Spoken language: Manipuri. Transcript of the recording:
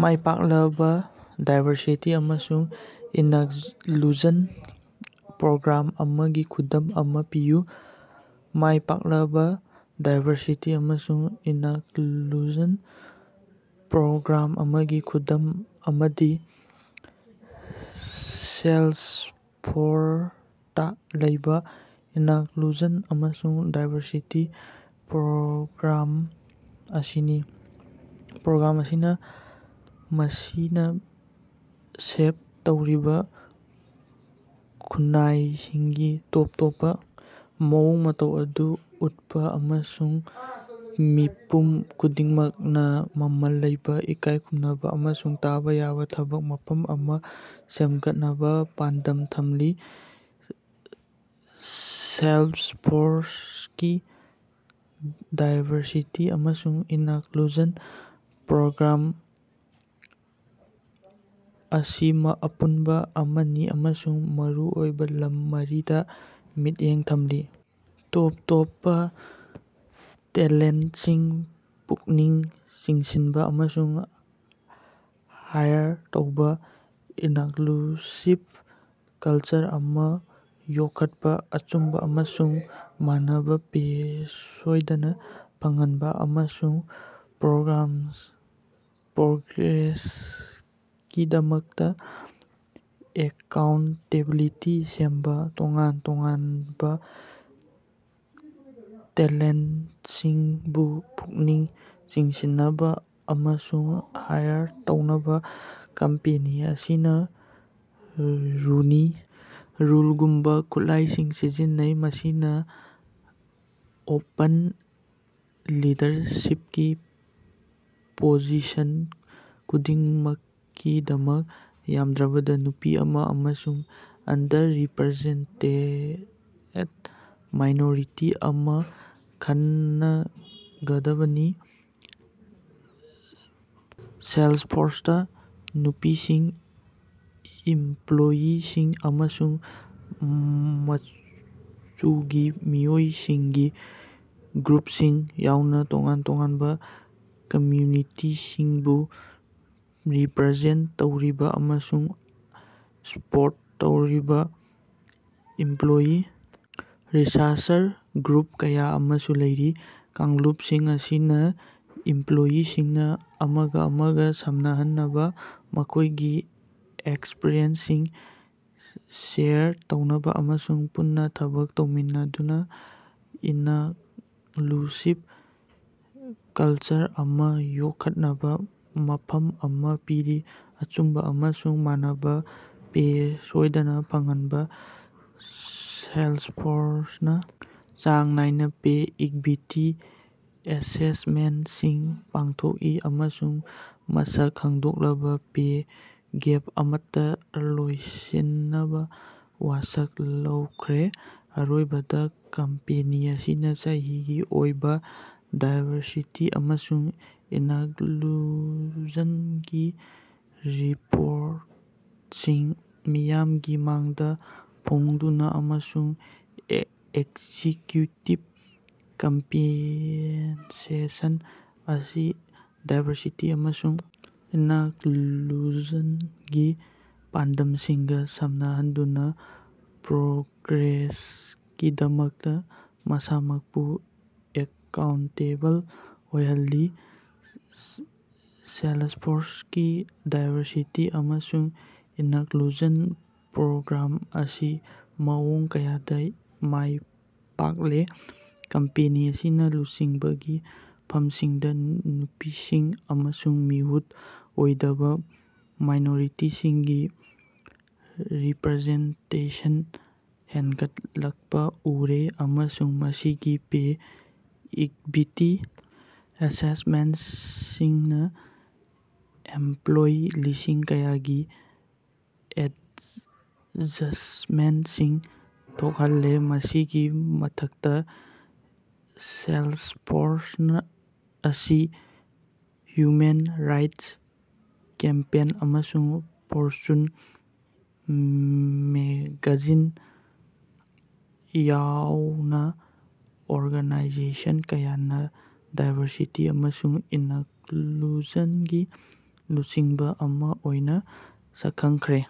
ꯃꯥꯏ ꯄꯥꯛꯂꯕ ꯗꯥꯏꯕꯔꯁꯤꯇꯤ ꯑꯃꯁꯨꯡ ꯏꯅꯛꯂꯨꯖꯟ ꯄ꯭ꯔꯣꯒ꯭ꯔꯥꯝ ꯑꯃꯒꯤ ꯈꯨꯗꯝ ꯑꯃ ꯄꯤꯌꯨ꯫ ꯃꯥꯏ ꯄꯥꯛꯂꯕ ꯗꯥꯏꯕꯔꯁꯤꯇꯤ ꯑꯃꯁꯨꯡ ꯏꯅꯛꯂꯨꯖꯟ ꯄ꯭ꯔꯣꯒ꯭ꯔꯥꯝ ꯑꯃꯒꯤ ꯈꯨꯗꯝ ꯑꯃꯗꯤ ꯁꯦꯂꯁꯐꯣꯔꯁꯇꯥ ꯂꯩꯕ "ꯏꯅꯛꯂꯨꯖꯟ ꯑꯃꯁꯨꯡ ꯗꯥꯏꯕꯔꯁꯤꯇꯤ ꯄ꯭ꯔꯣꯒ꯭ꯔꯥꯝ"ꯑꯁꯤꯅꯤ꯫ ꯄ꯭ꯔꯣꯒ꯭ꯔꯥꯝ ꯑꯁꯤꯅ ꯃꯁꯤꯅ ꯁꯦꯕ ꯇꯧꯔꯤꯕ ꯈꯨꯟꯅꯥꯏꯁꯤꯡꯒꯤ ꯇꯣꯞ ꯇꯣꯞꯄ ꯃꯑꯣꯡ ꯃꯇꯧ ꯑꯗꯨ ꯎꯠꯄ ꯑꯃꯁꯨꯡ ꯃꯤꯄꯨꯝ ꯈꯨꯗꯤꯡꯃꯛꯅ ꯃꯃꯜ ꯂꯩꯕ ꯏꯀꯥꯏꯈꯨꯝꯅꯕ ꯑꯃꯁꯨꯡ ꯇꯥꯕ ꯌꯥꯕ ꯊꯕꯛ ꯃꯐꯝ ꯑꯃꯥ ꯁꯦꯝꯒꯠꯅꯕ ꯄꯥꯟꯗꯝ ꯊꯝꯂꯤ꯫ ꯁꯦꯜꯁꯐꯣꯔꯁꯀꯤ ꯗꯥꯏꯕꯔꯁꯤꯇꯤ ꯑꯃꯁꯨꯡ ꯏꯅꯛꯂꯨꯖꯟ ꯄ꯭ꯔꯣꯒ꯭ꯔꯥꯝ ꯑꯁꯤ ꯑꯄꯨꯟꯕ ꯑꯃꯅꯤ ꯑꯃꯁꯨꯡ ꯃꯔꯨꯑꯣꯏꯕ ꯂꯝ ꯃꯔꯤꯗ ꯃꯤꯠꯌꯦꯡ ꯊꯝꯂꯤ: ꯇꯣꯞ ꯇꯣꯞꯄ ꯇꯦꯂꯦꯟꯁꯤꯡ ꯄꯨꯛꯅꯤꯡ ꯆꯤꯡꯁꯤꯟꯕ ꯑꯃꯁꯨꯡ ꯍꯥꯏꯔ ꯇꯧꯕ, ꯏꯅꯛꯂꯨꯁꯤꯞ ꯀꯜꯆꯔ ꯑꯃ ꯌꯣꯛꯈꯠꯄ, ꯑꯆꯨꯝꯕ ꯑꯃꯁꯨꯡ ꯃꯥꯟꯅꯕ ꯄꯦ ꯁꯣꯏꯗꯅ ꯐꯪꯍꯟꯕ, ꯑꯃꯁꯨꯡ ꯄ꯭ꯔꯣꯒ꯭ꯔꯦꯁꯀꯤꯗꯃꯛꯇ ꯑꯦꯀꯥꯎꯟꯇꯦꯕꯤꯂꯤꯇꯤ ꯁꯦꯝꯕ꯫ ꯇꯣꯉꯥꯟ ꯇꯣꯉꯥꯅꯕꯥ ꯇꯦꯂꯦꯟꯁꯤꯡꯕꯨ ꯄꯨꯛꯅꯤꯡ ꯆꯤꯡꯁꯤꯟꯅꯕꯥ ꯑꯃꯁꯨꯡ ꯍꯥꯏꯔ ꯇꯧꯅꯕꯥ ꯀꯝꯄꯦꯅꯤ ꯑꯁꯤꯅ "ꯔꯨꯅꯤ ꯔꯨꯜ"ꯒꯨꯝꯕꯥ ꯈꯨꯠꯂꯥꯏꯁꯤꯡ ꯁꯤꯖꯤꯟꯅꯩ꯫ ꯃꯁꯤꯅ ꯑꯣꯄꯟ ꯂꯤꯗꯔꯁꯤꯞꯀꯤ ꯄꯣꯖꯤꯁꯟ ꯈꯨꯗꯤꯡꯃꯛꯀꯤꯗꯃꯛ ꯌꯥꯝꯗ꯭ꯔꯕꯗ ꯅꯨꯄꯤ ꯑꯃ ꯑꯃꯁꯨꯡ ꯑꯟꯗꯔꯔꯤꯞꯔꯦꯖꯦꯟꯇꯦꯗ ꯃꯥꯏꯅꯣꯔꯤꯇꯤ ꯑꯃ ꯈꯟꯅꯒꯗꯕꯅꯤ꯫ ꯁꯦꯂꯁꯐꯣꯔꯁꯇꯥ ꯅꯨꯄꯤꯁꯤꯡ, ꯏꯝꯄꯂꯣꯌꯤꯁꯤꯡ, ꯑꯃꯁꯨꯡ ꯃꯆꯨꯒꯤ ꯃꯤꯑꯣꯏꯁꯤꯡꯒꯤ ꯒ꯭ꯔꯨꯄꯁꯤꯡ ꯌꯥꯎꯅ ꯇꯣꯉꯥꯟ ꯇꯣꯉꯥꯟꯕ ꯀꯝꯃ꯭ꯌꯨꯅꯤꯇꯤꯁꯤꯡꯕꯨ ꯔꯤꯞꯔꯖꯦꯟꯇ ꯇꯧꯔꯤꯕ ꯑꯃꯁꯨꯡ ꯁꯄꯣꯔꯠ ꯇꯧꯔꯤꯕ ꯏꯝꯄꯂꯣꯌꯤ ꯔꯤꯁꯔꯁ ꯒ꯭ꯔꯨꯞ ꯀꯌꯥ ꯑꯃꯁꯨ ꯂꯩꯔꯤ꯫ ꯀꯥꯡꯂꯨꯞꯁꯤꯡ ꯑꯁꯤꯅꯥ ꯏꯝꯄꯂꯣꯌꯤꯁꯤꯡꯅ ꯑꯃꯒ ꯑꯃꯒ ꯁꯝꯅꯍꯟꯅꯕꯥ, ꯃꯈꯣꯏꯒꯤ ꯑꯦꯛꯁꯄꯔꯤꯌꯦꯟꯁꯁꯤꯡ ꯁꯦꯌꯔ ꯇꯧꯅꯕ ꯑꯃꯁꯨꯡ ꯄꯨꯟꯅ ꯊꯕꯛ ꯇꯧꯃꯤꯟꯅꯗꯨꯅ ꯏꯅꯛꯂꯨꯁꯤꯕ ꯀꯂꯆꯔ ꯑꯃꯥ ꯌꯣꯛꯈꯠꯅꯕ ꯃꯐꯝ ꯑꯃ ꯄꯤꯔꯤ꯫ ꯑꯆꯨꯝꯕ ꯑꯃꯁꯨꯡ ꯃꯥꯟꯅꯕꯥ ꯄꯦ ꯁꯣꯏꯗꯅ ꯐꯪꯍꯟꯅꯕ ꯁꯦꯜꯁꯐꯣꯔꯁꯅꯥ ꯆꯥꯡ ꯅꯥꯏꯅ ꯄꯦ ꯏꯛꯕꯤꯇꯤ ꯑꯦꯁꯦꯁꯃꯦꯟꯇꯁꯤꯡ ꯄꯥꯡꯊꯣꯛꯏ꯫ ꯑꯃꯁꯨꯡ ꯃꯁꯛ ꯈꯪꯗꯣꯛꯂꯕ ꯄꯦ ꯒꯦꯞ ꯑꯃꯠꯇ ꯂꯣꯏꯁꯤꯟꯅꯕ ꯋꯥꯁꯛ ꯂꯧꯈ꯭ꯔꯦ꯫ ꯑꯔꯣꯏꯕꯗ ꯀꯝꯄꯦꯅꯤ ꯑꯁꯤꯅ ꯆꯍꯤꯒꯤ ꯑꯣꯏꯕ ꯗꯥꯏꯕꯔꯁꯤꯇꯤ ꯑꯃꯁꯨꯡ ꯏꯅꯛꯂꯨꯖꯅꯒꯤ ꯔꯤꯄꯣꯔꯇꯁꯤꯡ ꯃꯤꯌꯥꯝꯒꯤ ꯃꯥꯡꯗ ꯐꯣꯉꯗꯨꯅ ꯑꯃꯁꯨꯡ ꯑꯦꯛꯖꯤꯛꯌꯨꯇꯤꯕ ꯀꯝꯄꯦꯟꯁꯦꯁꯟ ꯑꯁꯤ ꯗꯥꯏꯕꯔꯁꯤꯇꯤ ꯑꯃꯁꯨꯡ ꯏꯅꯛꯂꯨꯖꯟꯒꯤ ꯄꯥꯟꯗꯝꯁꯤꯡꯒ ꯁꯝꯅꯍꯟꯗꯨꯅ ꯄ꯭ꯔꯣꯒ꯭ꯔꯦꯁꯀꯤꯗꯃꯛꯇ ꯃꯁꯥꯃꯛꯄꯨ ꯑꯦꯀꯥꯎꯟꯇꯦꯕꯜ ꯑꯣꯏꯍꯜꯂꯤ꯫ ꯁꯦꯂꯁꯐꯣꯔꯁꯀꯤ ꯗꯥꯏꯕꯔꯁꯤꯇꯤ ꯑꯃꯁꯨꯡ ꯏꯅꯛꯂꯨꯖꯟ ꯄ꯭ꯔꯣꯒ꯭ꯔꯥꯝ ꯑꯁꯤ ꯃꯑꯣꯡ ꯀꯌꯥꯗꯥ ꯃꯥꯏ ꯄꯥꯛꯂꯦ꯫ ꯀꯝꯄꯦꯅꯤ ꯑꯁꯤꯅ ꯂꯨꯆꯤꯡꯕꯒꯤ ꯐꯝꯁꯤꯡꯗ ꯅꯨꯄꯤꯁꯤꯡ ꯑꯃꯁꯨꯡ ꯃꯤꯍꯨꯠ ꯑꯣꯏꯗꯕ ꯃꯥꯏꯅꯣꯔꯤꯇꯤꯁꯤꯡꯒꯤ ꯔꯤꯄꯔꯖꯦꯟꯇꯦꯁꯟ ꯍꯦꯟꯒꯠꯂꯛꯄꯥ ꯎꯔꯦ꯫ ꯑꯃꯁꯨꯡ ꯃꯁꯤꯒꯤ ꯄꯦ ꯏꯛꯕꯤꯇꯤ ꯑꯦꯁꯦꯁꯃꯦꯟꯇꯁꯤꯡꯅ ꯑꯦꯝꯄꯂꯣꯌꯤ ꯂꯤꯁꯤꯡ ꯀꯌꯥꯒꯤ ꯑꯦꯗꯖꯁ꯭ꯇꯃꯦꯟꯇꯁꯤꯡ ꯊꯣꯛꯍꯜꯂꯦ꯫ ꯃꯁꯤꯒꯤ ꯃꯊꯛꯇꯥ, ꯁꯦꯂꯁꯐꯣꯔꯁ ꯑꯁꯤ ꯍ꯭ꯌꯨꯃꯦꯟ ꯔꯥꯏꯠꯁ ꯀꯦꯝꯄꯦꯟ ꯑꯃꯁꯨꯡ ꯐꯣꯔꯆꯨꯟ ꯃꯦꯒꯥꯖꯤꯟ ꯌꯥꯑꯣꯅꯥ ꯑꯣꯔꯒꯅꯥꯏꯖꯦꯁꯟ ꯀꯌꯥꯅꯥ ꯗꯥꯏꯕꯔꯁꯤꯇꯤ ꯑꯃꯁꯨꯡ ꯏꯅꯛꯂꯨꯖꯅꯒꯤ ꯂꯨꯆꯤꯡꯕꯥ ꯑꯃꯥ ꯑꯣꯏꯅꯥ ꯁꯛꯈꯪꯈ꯭ꯔꯦ꯫